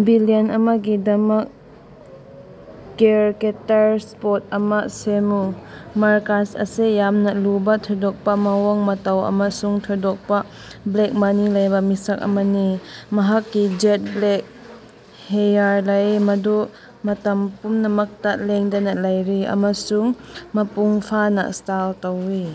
Villain ꯑꯃꯥꯒꯤꯗꯃꯛ character sketch ꯑꯃꯥ ꯁꯦꯝꯃꯨ꯫ꯃꯥꯔꯀꯁ ꯑꯁꯤ ꯌꯥꯝꯅꯥ ꯂꯨꯕꯥ, ꯊꯣꯏꯗꯣꯛꯄꯥ ꯃꯑꯣꯡ ꯃꯇꯧ ꯑꯃꯁꯨꯡ ꯊꯣꯏꯗꯣꯛꯄꯥ ꯕ꯭ꯂꯦꯛ ꯃꯅꯤ ꯂꯩꯕꯥ ꯃꯤꯁꯛ ꯑꯃꯅꯤ꯫ ꯃꯍꯥꯛꯀꯤ ꯖꯦꯠ-ꯕ꯭ꯂꯦꯛ ꯍꯦꯌꯥꯔ ꯂꯩ, ꯃꯗꯨ ꯃꯇꯝ ꯄꯨꯝꯅꯃꯛꯇꯥ ꯂꯦꯡꯗꯅꯥ ꯂꯩꯔꯤ ꯑꯃꯁꯨꯡ ꯃꯄꯨꯡ ꯐꯥꯅꯥ ꯁ꯭ꯇꯥꯏꯜ ꯇꯧꯏ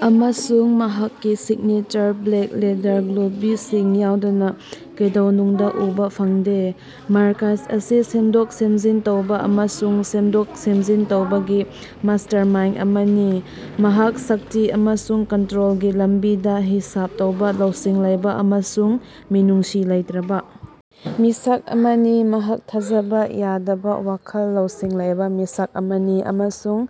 ꯑꯃꯁꯨꯡ ꯃꯍꯥꯛꯀꯤ ꯁꯤꯛꯅꯦꯆꯔ ꯕ꯭ꯂꯦꯛ ꯂꯦꯗꯔ ꯒ꯭ꯂꯣꯕꯁꯤꯡ ꯌꯥꯎꯗꯅꯥ ꯀꯩꯗꯧꯅꯨꯡꯗꯥ ꯎꯕꯥ ꯐꯪꯗꯦ꯫ ꯃꯥꯔꯀꯁ ꯑꯁꯤ ꯁꯦꯝꯗꯣꯛ ꯁꯦꯝꯖꯤꯟ ꯇꯧꯕ ꯑꯃꯁꯨꯡ ꯁꯦꯝꯗꯣꯛ ꯁꯦꯝꯖꯤꯟ ꯇꯧꯕꯒꯤ ꯃꯥꯁ꯭ꯇꯔꯃꯥꯏꯟꯗ ꯑꯃꯅꯤ꯫ ꯃꯍꯥꯛ ꯁꯛꯇꯤ ꯑꯃꯁꯨꯡ ꯀꯟꯠꯔꯣꯜꯒꯤ ꯂꯝꯕꯤꯗꯥ ꯍꯤꯁꯥꯕ ꯇꯧꯕ, ꯂꯧꯁꯤꯡ ꯂꯩꯕ ꯑꯃꯁꯨꯡ ꯃꯤꯅꯨꯡꯁꯤ ꯂꯩꯇ꯭ꯔꯕ ꯃꯤꯁꯛ ꯑꯃꯅꯤ꯫ ꯃꯍꯥꯛ ꯊꯥꯖꯕ ꯌꯥꯗꯕ ꯋꯥꯈꯜ ꯂꯧꯁꯤꯡ ꯂꯩꯕ ꯃꯤꯁꯛ ꯑꯃꯅꯤ ꯑꯃꯁꯨꯡ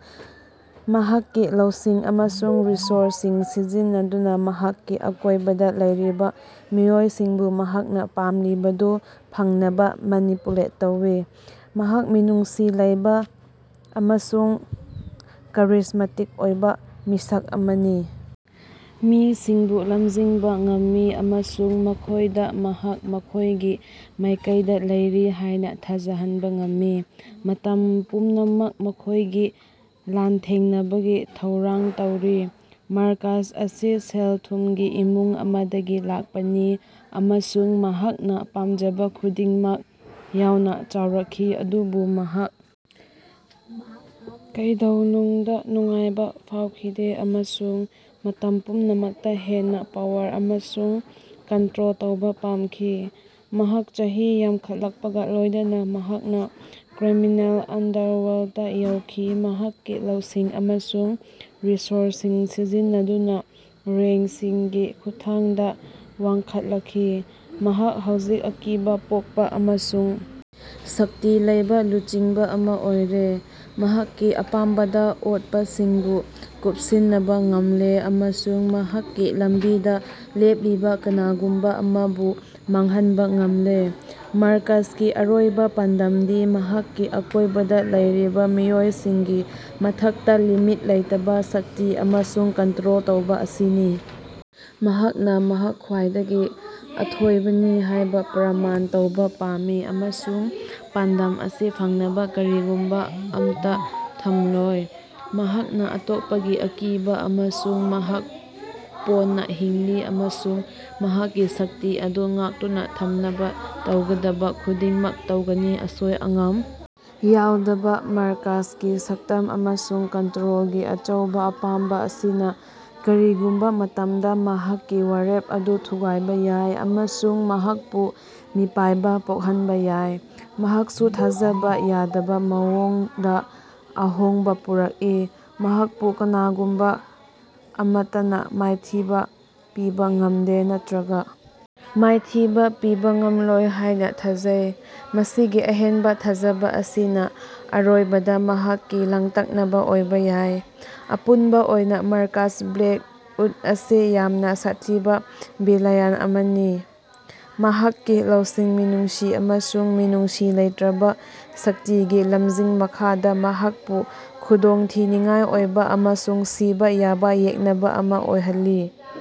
ꯃꯍꯥꯛꯀꯤ ꯂꯧꯁꯤꯡ ꯑꯃꯁꯨꯡ ꯔꯤꯁꯣꯔꯁꯁꯤꯡ ꯁꯤꯖꯤꯟꯅꯗꯨꯅꯥ ꯃꯍꯥꯛꯀꯤ ꯑꯀꯣꯏꯕꯗꯥ ꯂꯩꯔꯤꯕ ꯃꯤꯑꯣꯏꯁꯤꯡꯕꯨ ꯃꯍꯥꯛꯅꯥ ꯄꯥꯝꯂꯤꯕꯗꯨ ꯐꯪꯅꯕꯥ ꯃꯦꯅꯤꯄꯨꯂꯦꯠ ꯇꯧꯏ꯫ ꯃꯍꯥꯛ ꯃꯤꯅꯨꯡꯁꯤ ꯂꯩꯕ ꯑꯃꯁꯨꯡ ꯀꯦꯔꯤꯖꯃꯦꯇꯤꯛ ꯑꯣꯏꯕ ꯃꯤꯁꯛ ꯑꯃꯅꯤ, ꯃꯤꯁꯤꯡꯕꯨ ꯂꯝꯖꯤꯡꯕꯤꯕ ꯉꯝꯃꯤ ꯑꯃꯁꯨꯡ ꯃꯈꯣꯏꯗꯥ ꯃꯍꯥꯛ ꯃꯈꯣꯏꯒꯤ ꯃꯥꯏꯀꯩꯗꯥ ꯂꯩꯔꯤ ꯍꯥꯏꯅꯥ ꯊꯥꯖꯍꯟꯕꯥ ꯉꯝꯃꯤ, ꯃꯇꯝ ꯄꯨꯝꯅꯃꯛꯇꯥ ꯃꯈꯣꯏꯒꯤ ꯂꯥꯟꯊꯦꯡꯅꯕꯒꯤ ꯊꯧꯔꯥꯡ ꯇꯧꯔꯤ꯫ ꯃꯥꯔꯀꯁ ꯑꯁꯤ ꯁꯦꯜ ꯊꯨꯝꯒꯤ ꯏꯃꯨꯡ ꯑꯃꯥꯗꯒꯤ ꯂꯥꯛꯄꯅꯤ ꯑꯃꯁꯨꯡ ꯃꯍꯥꯛꯅꯥ ꯄꯥꯝꯖꯕꯥ ꯈꯨꯗꯤꯡꯃꯛ ꯌꯥꯎꯅꯥ ꯆꯥꯎꯔꯛꯈꯤ꯫ ꯑꯗꯨꯕꯨ ꯃꯍꯥꯛ ꯀꯩꯗꯧꯅꯨꯡꯗꯥ ꯅꯨꯡꯉꯥꯏꯕꯥ ꯐꯥꯎꯈꯤꯗꯦ ꯑꯃꯁꯨꯡ ꯃꯇꯝ ꯄꯨꯝꯅꯃꯛꯇꯥ ꯍꯦꯟꯅꯥ ꯄꯥꯋꯔ ꯑꯃꯁꯨꯡ ꯀꯟꯠꯔꯣꯜ ꯇꯧꯕ ꯄꯥꯝꯈꯤ꯫ ꯃꯍꯥꯛ ꯆꯍꯤ ꯌꯥꯝꯈꯠꯂꯛꯄꯒꯥ ꯂꯣꯏꯅꯅꯥ ꯃꯍꯥꯛꯅꯥ ꯀ꯭ꯔꯤꯃꯤꯅꯦꯜ ꯑꯟꯗꯔꯋꯔꯜꯗꯇꯥ ꯌꯥꯎꯈꯤ, ꯃꯍꯥꯛꯀꯤ ꯂꯧꯁꯤꯡ ꯑꯃꯁꯨꯡ ꯔꯤꯁꯣꯔꯁꯁꯤꯡ ꯁꯤꯖꯤꯟꯅꯗꯨꯅꯥ ꯔꯦꯉ꯭ꯀꯁꯤꯡꯒꯤ ꯈꯨꯠꯊꯥꯡꯗꯥ ꯋꯥꯡꯈꯠꯂꯛꯈꯤ꯫ ꯃꯍꯥꯛ ꯍꯧꯖꯤꯛ ꯑꯀꯤꯕꯥ ꯄꯣꯛꯄꯥ ꯑꯃꯁꯨꯡ ꯁꯛꯇꯤ ꯂꯩꯕ ꯂꯨꯆꯤꯡꯕꯥ ꯑꯃꯥ ꯑꯣꯏꯔꯦ꯫ ꯃꯍꯥꯛꯀꯤ ꯑꯄꯥꯝꯕꯗꯥ ꯑꯇꯣꯞꯄꯁꯤꯡꯕꯨ ꯀꯨꯄꯁꯤꯅꯕꯥ ꯉꯝꯂꯦ ꯑꯃꯁꯨꯡ ꯃꯍꯥꯛꯀꯤ ꯂꯝꯕꯤꯗꯥ ꯂꯦꯞꯂꯤꯕꯥ ꯀꯅꯥꯒꯨꯝꯕꯥ ꯑꯃꯕꯨ ꯃꯥꯡꯍꯟꯕꯥ ꯉꯝꯂꯦ꯫ ꯃꯥꯔꯀꯁꯀꯤ ꯑꯔꯣꯏꯕꯥ ꯄꯥꯟꯗꯝꯗꯤ ꯃꯍꯥꯛꯀꯤ ꯑꯀꯣꯏꯕꯗꯥ ꯂꯩꯔꯤꯕꯥ ꯃꯤꯑꯣꯏꯁꯤꯡꯒꯤ ꯃꯊꯛꯇꯥ ꯂꯤꯃꯤꯠ ꯂꯩꯇꯕꯥ ꯁꯛꯇꯤ ꯑꯃꯁꯨꯡ ꯀꯟꯠꯔꯣꯜ ꯇꯧꯕ ꯑꯁꯤꯅꯤ꯫ ꯃꯍꯥꯛꯅꯥ ꯃꯍꯥꯛ ꯈ꯭ꯋꯥꯏꯗꯒꯤ ꯑꯊꯣꯏꯕꯅꯤ ꯍꯥꯏꯕ ꯄ꯭ꯔꯃꯥꯟ ꯇꯧꯕ ꯄꯥꯝꯃꯤ ꯑꯃꯁꯨꯡ ꯄꯥꯟꯗꯝ ꯑꯁꯤ ꯐꯪꯅꯕꯥ ꯀꯔꯤꯒꯨꯝꯕꯥ ꯑꯃꯠꯇꯥ ꯊꯝꯂꯣꯏ꯫ ꯃꯍꯥꯛꯅꯥ ꯑꯇꯣꯞꯄꯒꯤ ꯑꯀꯤꯕꯥ ꯑꯃꯁꯨꯡ ꯃꯈꯥ ꯄꯣꯟꯅꯥ ꯍꯤꯡꯂꯤ ꯑꯃꯁꯨꯡ ꯃꯍꯥꯛꯀꯤ ꯁꯛꯇꯤ ꯑꯗꯨ ꯉꯥꯛꯇꯨꯅꯥ ꯊꯝꯅꯕꯥ ꯇꯧꯒꯗꯕꯥ ꯈꯨꯗꯤꯡꯃꯛ ꯇꯧꯒꯅꯤ꯫ ꯑꯁꯣꯏ ꯑꯉꯥꯝ ꯌꯥꯎꯗꯕꯥ ꯃꯥꯔꯀꯁꯀꯤ ꯁꯛꯇꯤ ꯑꯃꯁꯨꯡ ꯀꯟꯠꯔꯣꯜꯒꯤ ꯑꯆꯧꯕꯥ ꯑꯄꯥꯝꯕꯥ ꯑꯁꯤꯅꯥ ꯀꯔꯤꯒꯨꯝꯕꯥ ꯃꯇꯝꯗꯥ ꯃꯍꯥꯛꯀꯤ ꯋꯥꯔꯦꯞ ꯑꯗꯨ ꯊꯨꯒꯥꯏꯕꯥ ꯌꯥꯏ ꯑꯃꯁꯨꯡ ꯃꯍꯥꯛꯄꯨ ꯃꯤꯄꯥꯏꯕꯥ ꯄꯣꯛꯍꯟꯕꯥ ꯌꯥꯏ꯫ ꯃꯍꯥꯛꯁꯨ ꯊꯥꯖꯕꯥ ꯌꯥꯗꯕꯥ ꯃꯑꯣꯡꯗꯥ ꯑꯍꯣꯡꯕꯥ ꯄꯨꯔꯛꯏ, ꯃꯍꯥꯛꯄꯨ ꯀꯅꯥꯒꯨꯝꯕꯥ ꯑꯃꯠꯇꯅꯥ ꯃꯥꯏꯊꯤꯕꯥ ꯄꯤꯕꯥ ꯉꯃꯗꯦ ꯅꯠꯇ꯭ꯔꯒꯥ ꯃꯥꯏꯊꯤꯕꯥ ꯄꯤꯕꯥ ꯉꯝꯂꯣꯏ ꯍꯥꯏꯅꯥ ꯊꯥꯖꯩ꯫ ꯃꯁꯤꯒꯤ ꯑꯍꯦꯟꯕꯥ ꯊꯥꯖꯕꯥ ꯑꯁꯤꯅꯥ ꯑꯔꯣꯏꯕꯗꯥ ꯃꯍꯥꯛꯀꯤ ꯂꯥꯡꯇꯛꯅꯕꯥ ꯑꯣꯏꯕꯥ ꯌꯥꯏ꯫ ꯑꯄꯨꯟꯕꯥ ꯑꯣꯏꯅꯥ ꯃꯥꯔꯀꯁ ꯕ꯭ꯂꯦꯀꯎꯗ ꯑꯁꯤ ꯌꯥꯝꯅꯥ ꯁꯥꯊꯤꯕꯥ ꯚꯤꯂꯦꯟ ꯑꯃꯅꯤ꯫ ꯃꯍꯥꯛꯀꯤ ꯂꯧꯁꯤꯡ, ꯃꯤꯅꯨꯡꯁꯤ ꯑꯃꯁꯨꯡ ꯃꯤꯅꯨꯡꯁꯤ ꯂꯩꯇ꯭ꯔꯕꯥ ꯁꯛꯇꯤꯒꯤ ꯂꯝꯖꯤꯡ ꯃꯈꯥꯗꯥ ꯃꯍꯥꯛꯄꯨ ꯈꯨꯗꯣꯡꯊꯤꯅꯤꯡꯉꯥꯏ ꯑꯣꯏꯕ ꯑꯃꯁꯨꯡ ꯁꯤꯕꯥ ꯌꯥꯕ ꯌꯦꯛꯅꯕꯥ ꯑꯃꯥ ꯑꯣꯏꯍꯜꯂꯤ꯫